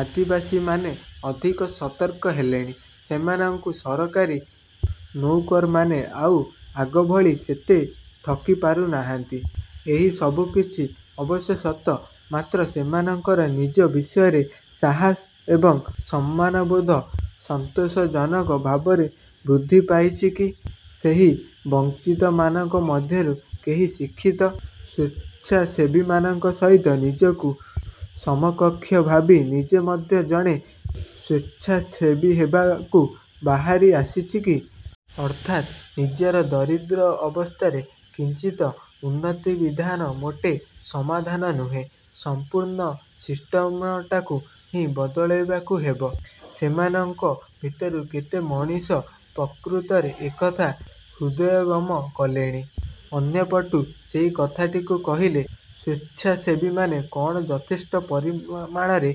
ଆଦିବାସୀମାନେ ଅଧିକ ସତର୍କ ହେଲେଣି, ସେମାନଙ୍କୁ ସରକାରୀ ନଉକରମାନେ ଆଉ ଆଗଭଳି ସେତେ ଠକି ପାରୁନାହାନ୍ତି। ଏହି ସବୁକିଛି ଅବଶ୍ୟ ସତ। ମାତ୍ର ସେମାନଙ୍କର ନିଜ ବିଷୟରେ ସାହସ ଏବଂ ସମ୍ମାନବୋଧ ସନ୍ତୋଷଜନକ ଭାବରେ ବୃଦ୍ଧି ପାଇଛି କି? ସେହି ବଂଚିତମାନଙ୍କ ମଧ୍ୟରୁ କେହି ଶିକ୍ଷିତ ସ୍ୱେଚ୍ଛାସେବୀମାନଙ୍କ ସହିତ ନିଜକୁ ସମକକ୍ଷ ଭାବି ନିଜେ ମଧ୍ୟ ଜଣେ ସ୍ୱେଚ୍ଛାସେବୀ ହେବାକୁ ବାହାରି ଆସିଛି କି? ଅର୍ଥାତ୍ ନିଜର ଦରିଦ୍ର ଅବସ୍ଥାରେ କିଞ୍ଚିତ ଉନ୍ନତିବିଧାନ ମୋଟେ ସମାଧାନ ନୁହେଁ, ସମ୍ପୂର୍ଣ୍ଣ ସିଷ୍ଟମଟାକୁ ହିଁ ବଦଳାଇବାକୁ ହେବ- ସେମାନଙ୍କ ଭିତରୁ କେତେ ମଣିଷ ପ୍ରକୃତରେ ଏକଥା ହୃଦୟଙ୍ଗମ କଲେଣି-? ଅନ୍ୟପଟୁ ସେହିକଥାଟିକୁ କହିଲେ, ସ୍ୱେଚ୍ଛାସେବୀମାନେ କ'ଣ ଯଥେଷ୍ଟ ପରିମାଣରେ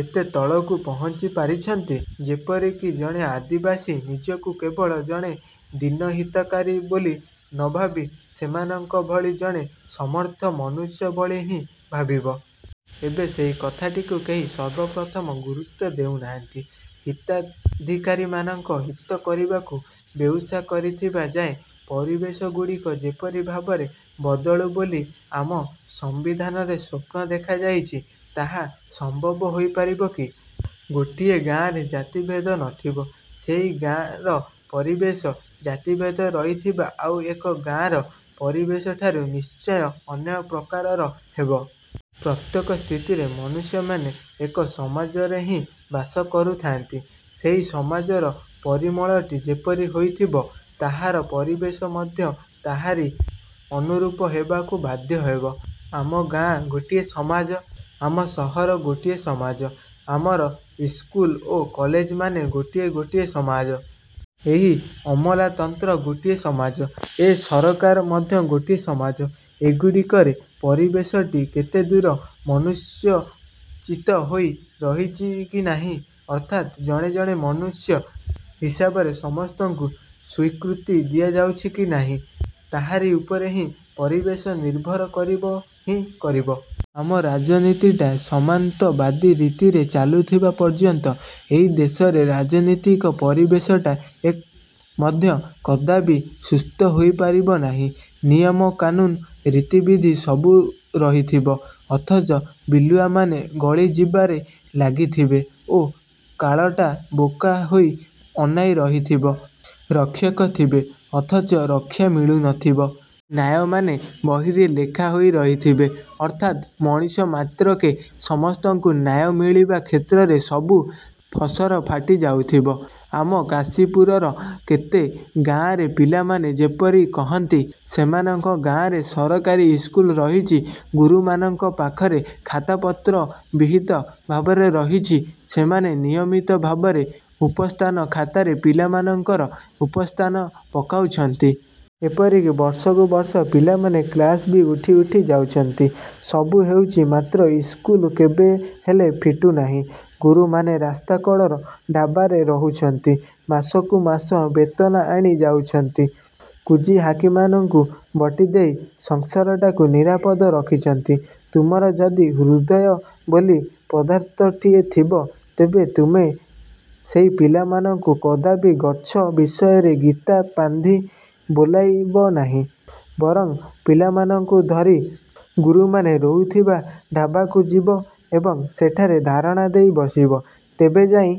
ଏତେ ତଳକୁ ପହଂଚି ପାରିଛନ୍ତି, ଯେପରିକି ଜଣେ ଆଦିବାସୀ ନିଜକୁ କେବଳ ଜଣେ ଦୀନ ହିତାଧିକାରୀ ବୋଲି ନଭାବି ସେମାନଙ୍କ ଭଳି ଜଣେ ସମର୍ଥ ମନୁଷ୍ୟ ଭଳି ହିଁ ଭାବିବ? ଏବେ ସେହି କଥାଟିକୁ କେହି ସର୍ବପ୍ରଥମ ଗୁରୁତ୍ୱ ଦେଉନାହାନ୍ତି। ହିତାଧିକାରୀମାନଙ୍କର ହିତ କରିବାକୁ ବେଉସା କରିଥିବା ଯାଏ ପରିବେଶଗୁଡ଼ିକ ଯେପରି ଭାବରେ ବଦଳୁ ବୋଲି ଆମ ସମ୍ବିଧାନରେ ସ୍ୱପ୍ନ ଦେଖାଯାଇଛି, ତାହା ସମ୍ଭବ ହୋଇପାରିବ କି? ଗୋଟିଏ ଗାଆଁରେ ଜାତିଭେଦ ନଥିବ, ସେହି ଗାଆଁର ପରିବେଶ ଜାତିଭେଦ ରହିଥିବା ଆଉ ଏକ ଗାଆଁର ପରିବେଶଠାରୁ ନିଶ୍ଚୟ ଅନ୍ୟ ପ୍ରକାରର ହେବ। ପ୍ରତ୍ୟେକ ସ୍ଥିତିରେ ମନୁଷ୍ୟମାନେ ଏକ ସମାଜରେ ହିଁ ବାସ କରୁଥାନ୍ତି। ସେହି ସମାଜର ପରିମଳଟି ଯେପରି ହୋଇଥିବ, ତାହାର ପରିବେଶ ମଧ୍ୟ ତାହାରି ଅନୁରୂପ ହେବାକୁ ବାଧ୍ୟ ହେବ। ଆମ ଗାଆଁ ଗୋଟିଏ ସମାଜ, ଆମ ସହର ଗୋଟିଏ ସମାଜ, ଆମର ଇସ୍କୁଲ ଓ କଲେଜମାନେ ଗୋଟିଏ ଗୋଟିଏ ସମାଜ। ଏହି ଅମଲାତନ୍ତ୍ର ଗୋଟିଏ ସମାଜ, ଏ ସରକାର ମଧ୍ୟ ଗୋଟିଏ ସମାଜ। ଏଗୁଡ଼ିକରେ ପରିବେଶଟି କେତେଦୂର ମନୁଷ୍ୟୋଚିତ ହୋଇ ରହିଛି କି ନାହିଁ, ଅର୍ଥାତ୍ ଜଣେ ଜଣେ ମନୁଷ୍ୟ ହିସାବରେ ସମସ୍ତଙ୍କୁ ସ୍ୱୀକୃତି ଦିଆଯାଉଛି କି ନାହିଁ, ତାହାରି ଉପରେ ହିଁ ପରିବେଶ ନିର୍ଭର କରିବ ହିଁ କରିବ। ଆମ ରାଜନୀତିଟା ସାମନ୍ତବାଦୀ ରୀତିରେ ଚାଲୁଥିବା ପର୍ଯ୍ୟନ୍ତ ଏହି ଦେଶରେ ରାଜନୀତିକ ପରିବେଶଟା ମଧ୍ୟ କଦାପି ସୁସ୍ତ ହୋଇପାରିବ ନାହିଁ। ନିୟମ କାନୁନ୍, ରୀତିବିଧି ସବୁ ରହିଥିବ, ଅଥଚ ବିଲୁଆମାନେ ଗଳି ଯିବାରେ ଲାଗିଥିବେ ଓ କାଳଟା ବୋକା ହୋଇ ଅନାଇ ରହିଥିବ। ରକ୍ଷକ ଥିବେ, ଅଥଚ ରକ୍ଷା ମିଳୁନଥିବ। ନ୍ୟାୟମାନେ ବହିରେ ଲେଖା ହୋଇ ରହିଥିବେ। ଅର୍ଥାତ୍ ମଣିଷ ମାତ୍ରକେ ସମସ୍ତଙ୍କୁ ନ୍ୟାୟ ମିଳିବା କ୍ଷେତ୍ରରେ ସବୁ ପସରଫାଟି ଯାଉଥିବ। ଆମ କାଶୀପୁରର କେତେ ଗାଆଁରେ ପିଲାମାନେ ଯେପରି କହନ୍ତି, ସେମାନଙ୍କ ଗାଆଁରେ ସରକାରୀ ଇସ୍କୁଲ ରହିଛି, ଗୁରୁମାନଙ୍କ ପାଖରେ ଖାତାପତ୍ର ବିହିତ ଭାବରେ ରହିଛି, ସେମାନେ ନିୟମିତ ଭାବରେ ଉପସ୍ଥାନ ଖାତାରେ ପିଲାମାନଙ୍କର ଉପସ୍ଥାନ ପକାଉଛନ୍ତି। ଏପରିକି ବର୍ଷକୁ ବର୍ଷ ପିଲାମାନେ କ୍ଲାସ ବି ଉଠି ଉଠି ଯାଉଛନ୍ତି। ସବୁ ହେଉଛି ମାତ୍ର ଇସ୍କୁଲ କେବେହେଲେ ଫିଟୁନାହିଁ। ଗୁରୁମାନେ ରାସ୍ତାକଡ଼ର ଢାବାରେ ରହୁଛନ୍ତି। ମାସକୁ ମାସ ବେତନ ଆଣି ଯାଉଛନ୍ତି, କୁଜି ହାକିମମାନଙ୍କୁ ବଟି ଦେଇ ସଂସାରଟାକୁ ନିରାପଦ ରଖିଛନ୍ତି। ତୁମର ଯଦି ହୃଦୟ ବୋଲି ପଦାର୍ଥଟିଏ ଥିବ, ତେବେ ତୁମେ ସେହି ପିଲାମାନଙ୍କୁ କଦାପି ଗଛ ବିଷୟରେ ଗୀତ ଫାନ୍ଦି ବୋଲାଇବ ନାହିଁ; ବରଂ ପିଲାମାନଙ୍କୁ ଧରି ଗୁରୁମାନେ ରହୁଥିବା ଢାବାକୁ ଯିବ ଏବଂ ସେଠାରେ ଧାରଣା ଦେଇ ବସିବ। ତେବେ ଯାଇ